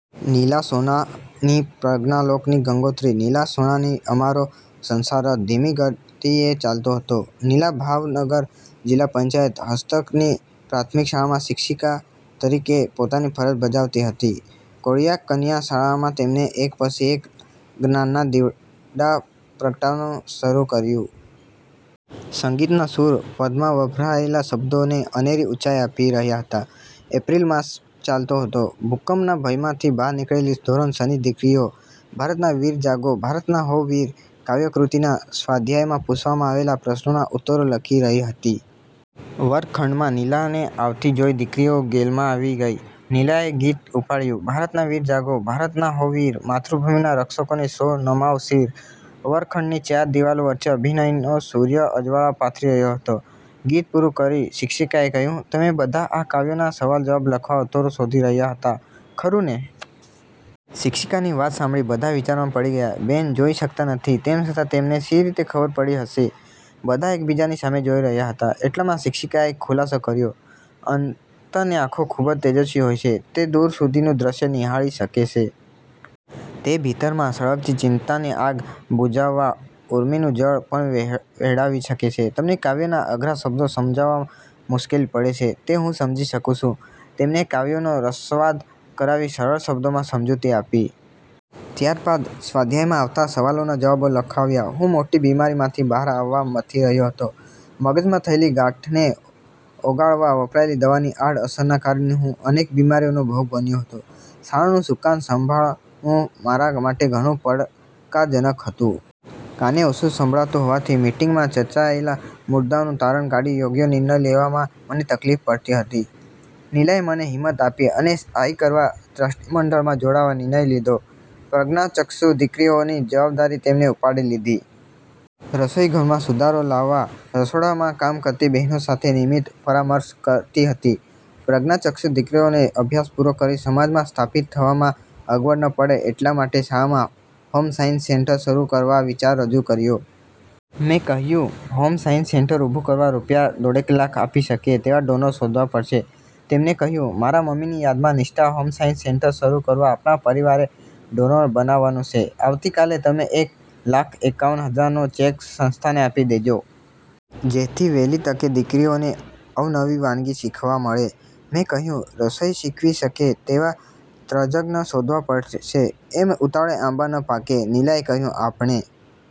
નીલા સોનાણી પ્રજ્ઞાલોકની ગંગોત્રી: નીલા સોનાણી અમારો સંસાર-રથ ધીમી ગતિએ ચાલતો હતો. નીલા ભાવનગર જીલ્લા પંચાયત હસ્તકની પ્રાથમિક શાળામાં શિક્ષિકા તરીકે પોતાની ફરજ બજાવતી હતી. કોળિયાક કન્યા શાળામાં તેમણે એક પછી એક જ્ઞાનના દીવડા પ્રગટાવવાનું શરુ કર્યું. સંગીતના સુર પદમાં વપરાયેલા શબ્દોને અનેરી ઉંચાઈ આપી રહ્યા હતા. એપ્રીલ માસ ચાલતો હતો. ભૂકંપના ભયમાંથી બહાર નિકળેલી ધોરણ છ ની દીકરીઓ "ભારતના વીર જાગો, ભારતના હો વીર" કાવ્ય કૄતિના સ્વાધ્યાયમાં પૂછવામાં આવેલા પ્રશ્નોના ઉત્તરો લખી રહી હતી. વર્ગ-ખંડમાં નીલાને આવતી જોઈ દીકરીઓ ગેલમાં આવી ગઈ. નીલાએ ગીત ઉપાડ્યું, "ભારતના વીર જાગો, ભારતના હો વીર, માતૄભૂમિના રક્ષકોને સૌ નમાવો શીર" વર્ગખંડની ચાર દિવાલો વચ્ચે અભિનયનો સૂર્ય અજવાળા પાથરી રહ્યો હતો. ગીત પુરું કરી, શિક્ષિકાએ કહ્યું, "તમે બધાં આ કાવ્યના સવાલ જવાબ લખવા ઉત્તરો શોધી રહ્યા હતા, ખરું ને!" શિક્ષિકાની વાત સાંભળી બધાં વિચારમાં પડી ગયા. બેન જોઈ શકતા નથી, તેમ છતાં તેમને શી રીતે ખબર પડી હશે? બધાં એક બીજાની સામે જોઈ રહ્યા હતા. એટલામાં શિક્ષિકાએ ખૂલાસો કર્યો, "અંતરની આંખો ખૂબ જ તેજસ્વી હોય છે, તે દૂર સુધીનું દૃશ્ય નિહાળી શકે સે. તે ભીતરમાં સળગતી ચિંતાની આગ બુજાવવા ઉર્મિનું જળ પણ વહે વહેડાવી શકે છે. તમને કાવ્યના અઘરા શબ્દો સમજવામાં મુશ્કેલી પડે છે, તે હું સમજી શકું સુ." તેમને કાવ્યનો રસાસ્વાદ કરાવી સરળ શબ્દોમાં સમજુતિ આપી. ત્યારબાદ સ્વાધ્યાયમાં આવતા સવાલોના જવાબો લખાવ્યા. હું મોટી બીમારીમાંથી બહાર આવવા મથી રહ્યો હતો. મગજમાં થયેલી ગાંઠને ઓગાળવા વપરાયેલી દવાની આડ અસરના કારણે હું અનેક બીમારીઓનો ભોગ બન્યો હતો. શાળાનું સુકાન સંભાળવું મારા માટે ઘણું પડકારજનક હતું. કાને ઓછુ સંભળાતું હોવાથી મિટિંગમાં ચર્ચાયેલા મુદ્દાઓનું તારણ કાઢી યોગ્ય નિર્ણય લેવામાં મને તકલીફ પડતી હતી. નીલાએ મને હિંમત આપી અને સહાય કરવા ટ્રસ્ટીમંડળમાં જોડાવા નિર્ણય લીધો. પ્રજ્ઞાચક્ષુ દીકરીઓની જવાબદારી તેમણે ઉપાડી લીધી. રસોઈઘરમાં સુધારો લાવવા, રસોડામાં કામ કરતી બહેનો સાથે નિયમિત પરામર્શ કરતી હતી. પ્રજ્ઞાચક્ષુ દીકરીઓને અભ્યાસ પુરો કરી સમાજમાં સ્થાપીત થવામાં અગવડ ન પડે એટલા માટે શાળામાં હોમસાયન્સ સેન્ટર શરુ કરવા વિચાર રજુ કર્યો. મેં કહ્યું, "હોમસાયન્સ સેન્ટર ઊભુ કરવા રૂપિયા દોઢેક લાખ આપી શકે તેવા ડોનર શોધવા પડશે." તેમણે કહ્યું, "મારા મમ્મીની યાદમાં "નિષ્ઠા હોમસાયન્સ" સેન્ટર શરુ કરવા આપણા પરિવારે ડોનર બનાવવાનું સે. આવતી કાલે તમે એક લાખ એકાવન હજારનો ચેક સંસ્થાને આપી દેજો. જેથી વહેલી તકે દીકરીઓને અવનવી વાનગી શીખવા મળે." મેં કહ્યું, "રસોઈ શીખવી શકે તેવા તજજ્ઞ શોધવા પડશશે એમ ઉતાવળે આંબા ન પાકે." નીલાએ કહ્યું, "આપણે